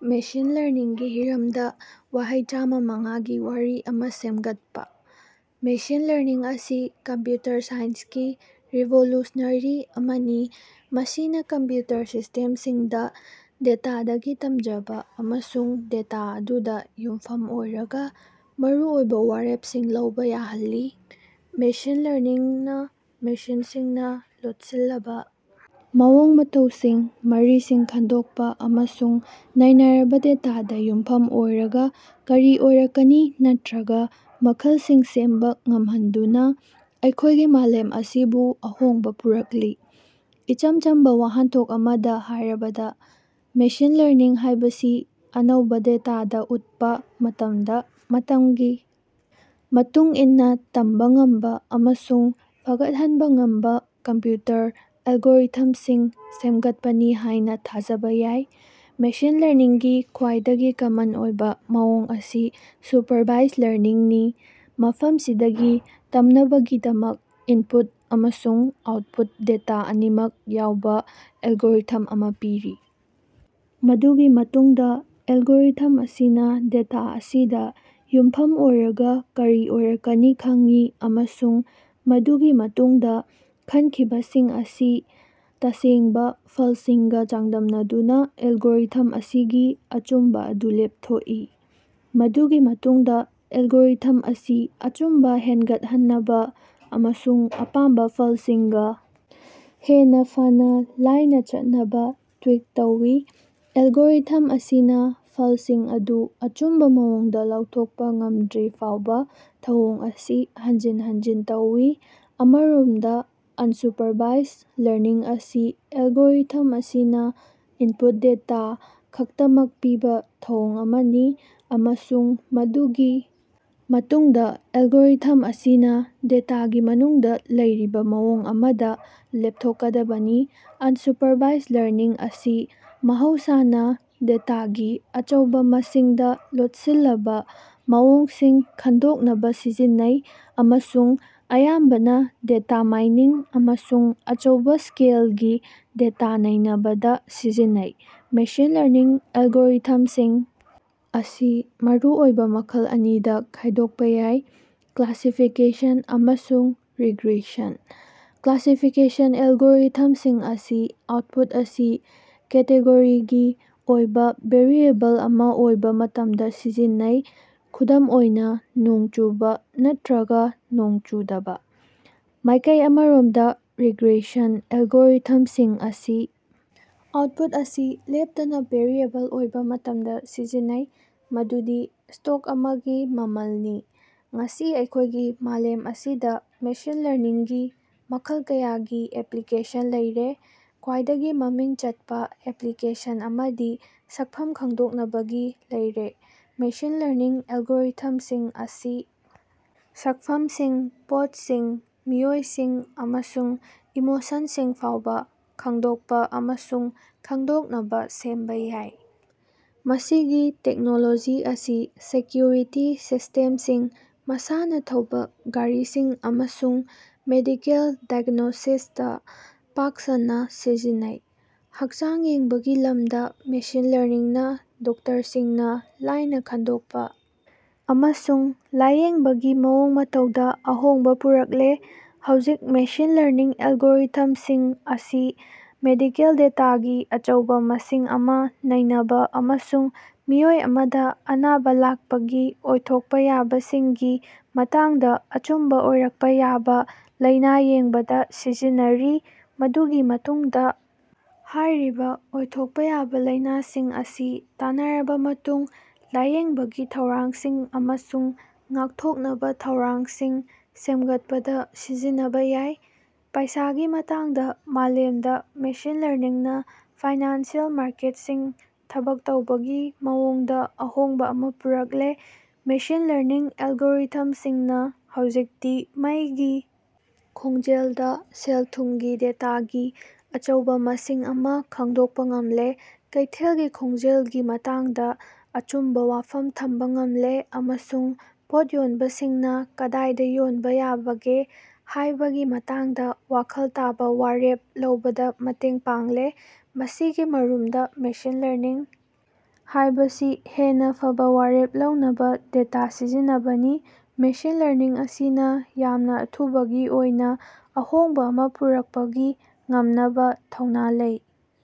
Machine ꯂꯔꯅꯤꯡꯒꯤ ꯍꯤꯔꯝꯗ ꯋꯥꯍꯩ ꯆꯝꯃꯉꯥꯒꯤ ꯋꯥꯔꯤ ꯑꯃ ꯁꯦꯝꯒꯠꯄ꯫ ꯃꯦꯁꯤꯟ ꯂꯔꯅꯤꯡ ꯑꯁꯤ ꯀꯝꯄ꯭ꯌꯨꯇꯔ ꯁꯥꯏꯟꯁꯀꯤ ꯔꯤꯚꯣꯂꯨꯁꯅꯔꯤ ꯑꯃꯅꯤ ꯃꯁꯤꯅꯥ ꯀꯝꯄ꯭ꯌꯨꯇꯔ ꯁꯤꯁꯇꯦꯝꯁꯤꯡꯗ ꯗꯦꯇꯥꯗꯒꯤ ꯇꯝꯖꯕ ꯑꯃꯁꯨꯡ ꯗꯦꯇꯥ ꯑꯗꯨꯗ ꯌꯨꯝꯐꯝ ꯑꯣꯏꯔꯒ ꯃꯔꯨꯑꯣꯏꯕ ꯋꯥꯔꯦꯞꯁꯤꯡ ꯂꯧꯕꯥ ꯌꯥꯍꯜꯂꯤ꯫ ꯃꯦꯁꯤꯟ ꯂꯔꯅꯤꯡꯅ ꯃꯦꯁꯤꯟꯁꯤꯡꯅ ꯂꯣꯠꯁꯤꯜꯂꯕꯥ ꯃꯑꯣꯡ ꯃꯇꯧꯁꯤꯡ ꯃꯔꯤꯁꯤꯡ ꯈꯡꯗꯣꯛꯄ ꯑꯃꯁꯨꯡ ꯅꯩꯅꯔꯕ ꯗꯦꯇꯥꯗ ꯌꯨꯝꯐꯝ ꯑꯣꯏꯔꯒ ꯀꯔꯤ ꯑꯣꯏꯔꯛꯀꯅꯤ ꯅꯠꯔꯒ ꯃꯈꯜꯁꯤꯡ ꯁꯦꯝꯕ ꯉꯝꯍꯟꯗꯨꯅ ꯑꯩꯈꯣꯢꯒꯤ ꯃꯥꯂꯦꯝ ꯑꯁꯤꯕꯨ ꯑꯍꯣꯡꯕ ꯄꯨꯔꯛꯂꯤ꯫ ꯏꯆꯝ ꯆꯝꯕ ꯋꯥꯍꯟꯊꯣꯛ ꯑꯃꯗ ꯍꯥꯢꯔꯕꯗ ꯃꯦꯁꯤꯟ ꯂꯔꯅꯤꯡ ꯍꯥꯢꯕꯁꯤ ꯑꯅꯧꯕ ꯗꯦꯇꯥꯗ ꯎꯠꯄ ꯃꯇꯝꯗ ꯃꯇꯝꯒꯤ ꯃꯇꯨꯡ ꯏꯟꯅ ꯇꯝꯕ ꯉꯝꯕ ꯑꯃꯁꯨꯡ ꯐꯒꯠꯍꯟꯕ ꯉꯝꯕ ꯀꯝꯄ꯭ꯌꯨꯇꯔ ꯑꯦꯂꯒꯣꯔꯤꯊꯝꯁꯤꯡ ꯁꯦꯝꯒꯠꯄꯅꯤ ꯍꯥꯢꯅ ꯊꯥꯖꯕ ꯌꯥꯏ꯫ ꯃꯦꯁꯤꯟ ꯂꯔꯅꯤꯡꯒꯤ ꯈ꯭ꯋꯥꯏꯗꯒꯤ ꯀꯃꯟ ꯑꯣꯏꯕ ꯃꯑꯣꯡ ꯑꯁꯤ ꯁꯨꯄꯔꯚꯥꯏꯖ ꯂꯔꯅꯤꯡꯅꯤ ꯃꯐꯝꯁꯤꯗꯒꯤ ꯇꯝꯅꯕꯒꯤꯗꯃꯛ ꯏꯅꯄꯨꯠ ꯑꯃꯁꯨꯡ ꯑꯥꯎꯠꯄꯨꯠ ꯗꯦꯇꯥ ꯑꯅꯤꯃꯛ ꯌꯥꯎꯕ ꯑꯦꯂꯒꯣꯔꯤꯊꯝ ꯑꯃ ꯄꯤꯔꯤ꯫ ꯃꯗꯨꯒꯤ ꯃꯇꯨꯡꯗ ꯑꯦꯂꯒꯣꯔꯤꯊꯝ ꯑꯁꯤꯅ ꯗꯦꯇꯥ ꯑꯁꯤꯗ ꯌꯨꯝꯐꯝ ꯑꯣꯏꯔꯒ ꯀꯔꯤ ꯑꯣꯏꯔꯛꯀꯅꯤ ꯈꯪꯏ ꯑꯃꯁꯨꯡ ꯃꯗꯨꯒꯤ ꯃꯇꯨꯡꯗ ꯈꯟꯈꯤꯕꯁꯤꯡ ꯑꯁꯤ ꯇꯁꯦꯡꯕ ꯐꯜꯁꯤꯡꯒ ꯆꯥꯡꯗꯝꯅꯗꯨꯅ ꯑꯦꯂꯒꯣꯔꯤꯊꯝ ꯑꯁꯤꯒꯤ ꯑꯆꯨꯝꯕ ꯑꯗꯨ ꯂꯦꯞꯊꯣꯛꯏ꯫ ꯃꯗꯨꯒꯤ ꯃꯇꯨꯡꯗ ꯑꯦꯂꯒꯣꯔꯤꯊꯝ ꯑꯁꯤ ꯑꯆꯨꯝꯕ ꯍꯦꯟꯒꯠꯍꯟꯅꯕ ꯑꯃꯁꯨꯡ ꯑꯄꯥꯝꯕ ꯐꯜꯁꯤꯡꯒ ꯍꯦꯟꯅ ꯐꯅ ꯂꯥꯏꯅ ꯆꯠꯅꯕ ꯇ꯭ꯌꯨꯏꯛ ꯇꯧꯏ꯫ ꯑꯦꯂꯒꯣꯔꯤꯊꯝ ꯑꯁꯤꯅꯥ ꯐꯜꯁꯤꯡ ꯑꯗꯨ ꯑꯆꯨꯝꯕ ꯃꯑꯣꯡꯗ ꯂꯥꯎꯊꯣꯛꯄ ꯉꯝꯗ꯭ꯔꯤꯐꯥꯎꯕ ꯊꯧꯑꯣꯡ ꯑꯁꯤ ꯍꯟꯖꯤꯟ ꯍꯟꯖꯤꯟ ꯇꯧꯏ꯫ ꯑꯃꯔꯣꯝꯗ ꯑꯟꯁꯨꯄꯔꯚꯥꯏꯖ ꯂꯔꯅꯤꯡ ꯑꯁꯤ ꯑꯦꯂꯒꯣꯔꯤꯊꯝ ꯑꯁꯤꯅ ꯏꯟꯄꯨꯠ ꯗꯦꯇꯥ ꯈꯛꯇꯃꯛ ꯄꯤꯕꯥ ꯊꯧꯑꯣꯡ ꯑꯃꯅꯤ ꯑꯃꯁꯨꯡ ꯃꯗꯨꯒꯤ ꯃꯇꯨꯡꯗ ꯑꯦꯂꯒꯣꯔꯤꯊꯝ ꯑꯁꯤꯅ ꯗꯦꯇꯥꯒꯤ ꯃꯅꯨꯡꯗ ꯂꯩꯔꯤꯕ ꯃꯑꯣꯡ ꯑꯃꯗ ꯂꯦꯞꯊꯣꯛꯀꯗꯕꯅꯤ꯫ ꯑꯅꯁꯨꯄꯔꯚꯥꯏꯖ ꯂꯔꯅꯤꯡ ꯑꯁꯤ ꯃꯍꯧꯁꯥꯅꯥ ꯗꯦꯇꯥꯒꯤ ꯑꯆꯧꯕꯥ ꯃꯁꯤꯡꯗ ꯂꯣꯠꯁꯤꯜꯂꯕ ꯃꯑꯣꯡꯁꯤꯡ ꯈꯡꯗꯣꯛꯅꯕꯥ ꯁꯤꯖꯤꯟꯅꯩ ꯑꯃꯁꯨꯡ ꯑꯌꯥꯝꯕꯅ ꯗꯦꯇꯥ ꯃꯥꯏꯅꯤꯡ ꯑꯃꯁꯨꯡ ꯑꯆꯧꯕꯥ ꯁ꯭ꯀꯦꯜꯒꯤ ꯗꯦꯇꯥ ꯅꯩꯅꯕꯗ ꯁꯤꯖꯤꯟꯅꯩ꯫ ꯃꯦꯁꯤꯟ ꯂꯔꯅꯤꯡ ꯑꯦꯂꯒꯣꯔꯤꯊꯝꯁꯤꯡ ꯑꯁꯤ ꯃꯔꯨꯑꯣꯏꯕ ꯃꯈꯜ ꯑꯅꯤꯗ ꯈꯥꯢꯗꯣꯛꯄ ꯌꯥꯏ ꯀ꯭ꯂꯥꯁꯤꯐꯤꯀꯦꯁꯟ ꯑꯃꯁꯨꯡ ꯔꯤꯒ꯭ꯔꯦꯁꯟ꯫ ꯀ꯭ꯂꯥꯁꯤꯐꯤꯀꯦꯁꯟ ꯑꯦꯂꯒꯣꯔꯤꯊꯝꯁꯤꯡ ꯑꯁꯤ ꯑꯥꯎꯠꯄꯨꯠ ꯑꯁꯤ ꯀꯦꯇꯦꯒꯣꯔꯤꯒꯤ ꯑꯣꯏꯕꯥ ꯚꯦꯔꯤꯑꯦꯕꯜ ꯑꯃ ꯑꯣꯏꯕ ꯃꯇꯝꯗ ꯁꯤꯖꯤꯟꯅꯩ ꯈꯨꯗꯝ ꯑꯣꯏꯅꯥ ꯅꯣꯡ ꯆꯨꯕꯥ ꯅꯠꯇ꯭ꯔꯒ ꯅꯣꯡ ꯆꯨꯗꯕꯥ꯫ ꯃꯥꯢꯀꯩ ꯑꯃꯔꯣꯝꯗ ꯔꯤꯒ꯭ꯔꯦꯁꯟ ꯑꯦꯂꯒꯣꯔꯤꯊꯝꯁꯤꯡ ꯑꯁꯤ ꯑꯥꯎꯠꯄꯨꯠ ꯑꯁꯤ ꯂꯦꯞꯇꯅ ꯚꯦꯔꯤꯑꯦꯕꯜ ꯑꯣꯏꯕ ꯃꯇꯝꯗ ꯁꯤꯖꯤꯟꯅꯩ ꯃꯗꯨꯗꯤ ꯁ꯭ꯇꯣꯛ ꯑꯃꯒꯤ ꯃꯃꯜꯅꯤ꯫ ꯉꯁꯤ ꯑꯩꯈꯣꯢꯒꯤ ꯃꯥꯂꯦꯝ ꯑꯁꯤꯗ ꯃꯦꯁꯤꯟ ꯂꯔꯅꯤꯡꯒꯤ ꯃꯈꯜ ꯀꯌꯥꯒꯤ ꯑꯦꯞꯄ꯭ꯂꯤꯀꯦꯁꯟ ꯂꯩꯔꯦ꯫ ꯈ꯭ꯋꯥꯏꯗꯒꯤ ꯃꯃꯤꯡ ꯆꯠꯄ ꯑꯦꯞꯄ꯭ꯂꯤꯀꯦꯁꯟ ꯑꯃꯗꯤ ꯁꯛꯐꯝ ꯈꯪꯗꯣꯛꯅꯕꯒꯤ ꯂꯩꯔꯦ꯫ ꯃꯦꯁꯤꯟ ꯂꯔꯅꯤꯡ ꯑꯦꯂꯒꯣꯔꯤꯊꯝꯁꯤꯡ ꯑꯁꯤ ꯁꯛꯐꯝꯁꯤꯡ ꯄꯣꯠꯁꯤꯡ ꯃꯤꯑꯣꯏꯁꯤꯡ ꯑꯃꯁꯨꯡ ꯏꯃꯣꯁꯟꯁꯤꯡ ꯐꯥꯎꯕ ꯈꯡꯗꯣꯛꯄ ꯑꯃꯁꯨꯡ ꯈꯡꯗꯣꯛꯅꯕ ꯁꯦꯝꯕ ꯌꯥꯏ꯫ ꯃꯁꯤꯒꯤ ꯇꯦꯛꯅꯣꯂꯣꯖꯤ ꯑꯁꯤ ꯁꯦꯀ꯭ꯌꯨꯔꯤꯇꯤ ꯁꯤꯁꯇꯦꯝꯁꯤꯡ ꯃꯁꯥꯅ ꯊꯧꯕꯥ ꯒꯥꯔꯤꯁꯤꯡ ꯑꯃꯁꯨꯡ ꯃꯦꯗꯤꯀꯦꯜ ꯗꯥꯏ꯭ꯒꯅꯣꯁꯤꯁꯇ ꯄꯥꯛ ꯁꯟꯅ ꯁꯤꯖꯤꯟꯅꯩ꯫ ꯍꯛꯆꯥꯡ ꯌꯦꯡꯕꯒꯤ ꯂꯝꯗ ꯃꯦꯁꯤꯟ ꯂꯔꯅꯤꯡꯅ ꯗꯣꯛꯇꯔꯁꯤꯡꯅ ꯂꯥꯢꯅ ꯈꯡꯗꯣꯛꯄ ꯑꯃꯁꯨꯡ ꯂꯥꯌꯦꯡꯕꯒꯤ ꯃꯑꯣꯡ ꯃꯇꯧꯗ ꯑꯍꯣꯡꯕ ꯄꯨꯔꯛꯂꯦ꯫ ꯍꯧꯖꯤꯛ ꯃꯦꯁꯤꯟ ꯂꯔꯅꯤꯡ ꯑꯦꯂꯒꯣꯔꯤꯊꯝꯁꯤꯡ ꯑꯁꯤ ꯃꯦꯗꯤꯀꯦꯜ ꯗꯦꯇꯥꯒꯤ ꯑꯆꯧꯕ ꯃꯁꯤꯡ ꯑꯃ ꯅꯩꯅꯕ ꯑꯃꯁꯨꯡ ꯃꯤꯑꯣꯏ ꯑꯃꯗ ꯑꯅꯥꯕ ꯂꯥꯛꯄꯒꯤ ꯑꯣꯏꯊꯣꯛꯄ ꯌꯥꯕꯁꯤꯡꯒꯤ ꯃꯇꯥꯡꯗ ꯑꯆꯨꯝꯕ ꯑꯣꯏꯔꯛꯄ ꯌꯥꯕ ꯂꯩꯅ ꯌꯦꯡꯕꯗ ꯁꯤꯖꯤꯟꯅꯔꯤ꯫ ꯃꯗꯨꯒꯤ ꯃꯇꯨꯡꯗ ꯍꯥꯢꯔꯤꯕ ꯑꯣꯏꯊꯣꯛꯄ ꯌꯥꯕ ꯂꯩꯅꯁꯤꯡ ꯑꯁꯤ ꯇꯥꯟꯅꯔꯕ ꯃꯇꯨꯡ ꯂꯥꯌꯦꯡꯕꯒꯤ ꯊꯧꯔꯥꯡꯁꯤꯡ ꯑꯃꯁꯨꯡ ꯉꯥꯛꯊꯣꯛꯅꯕ ꯊꯧꯔꯥꯡꯁꯤꯡ ꯁꯦꯝꯒꯠꯄꯗ ꯁꯤꯖꯤꯟꯅꯕꯥ ꯌꯥꯢ꯫ ꯄꯩꯁꯥꯒꯤ ꯃꯇꯥꯡꯗ ꯃꯥꯂꯦꯝꯗ ꯃꯦꯁꯤꯟ ꯂꯔꯅꯤꯡꯅ ꯐꯥꯏꯅꯥꯟꯁꯤꯑꯦꯜ ꯃꯥꯔꯀꯦꯠꯁꯤꯡ ꯊꯕꯛ ꯇꯧꯕꯒꯤ ꯃꯑꯣꯡꯗ ꯑꯍꯣꯡꯕ ꯑꯃ ꯄꯨꯔꯛꯂꯦ꯫ ꯃꯦꯁꯤꯟ ꯂꯔꯅꯤꯡ ꯑꯦꯂꯒꯣꯔꯤꯊꯝꯁꯤꯡꯅ ꯍꯧꯖꯤꯛꯇꯤ ꯃꯩꯒꯤ ꯈꯣꯡꯖꯦꯜꯗ ꯁꯦꯜ-ꯊꯨꯝꯒꯤ ꯗꯦꯇꯥꯒꯤ ꯑꯆꯧꯕ ꯃꯁꯤꯡ ꯑꯃ ꯈꯪꯗꯣꯛꯄ ꯉꯝꯂꯦ ꯀꯩꯊꯦꯜꯒꯤ ꯈꯣꯡꯖꯦꯜꯒꯤ ꯃꯇꯥꯡꯗ ꯑꯆꯨꯝꯕ ꯋꯥꯐꯝ ꯊꯝꯕ ꯉꯝꯂꯦ ꯑꯃꯁꯨꯡ ꯄꯣꯠ ꯌꯣꯟꯕꯁꯤꯡꯅ ꯀꯗꯥꯏꯗ ꯌꯣꯟꯕ ꯌꯥꯕꯒꯦ ꯍꯥꯢꯕꯒꯤ ꯃꯇꯥꯡꯗ ꯋꯥꯈꯜ ꯇꯥꯕ ꯋꯥꯔꯦꯞ ꯂꯧꯕꯗ ꯃꯇꯦꯡ ꯄꯥꯡꯂꯦ꯫ ꯃꯁꯤꯒꯤ ꯃꯔꯨꯝꯗ ꯃꯦꯁꯤꯟ ꯂꯔꯅꯤꯡ ꯍꯥꯢꯕꯁꯤ ꯍꯦꯟꯅ ꯐꯕ ꯋꯥꯔꯦꯞ ꯂꯧꯅꯕ ꯗꯦꯇꯥ ꯁꯤꯖꯤꯟꯅꯕꯅꯤ꯫ ꯃꯦꯁꯤꯟ ꯂꯔꯅꯤꯡ ꯑꯁꯤꯅ ꯌꯥꯝꯅ ꯑꯊꯨꯕꯒꯤ ꯑꯣꯏꯅ ꯑꯍꯣꯡꯕ ꯑꯃ ꯄꯨꯔꯛꯄꯒꯤ ꯉꯝꯅꯕ ꯊꯧꯅ ꯂꯩ꯫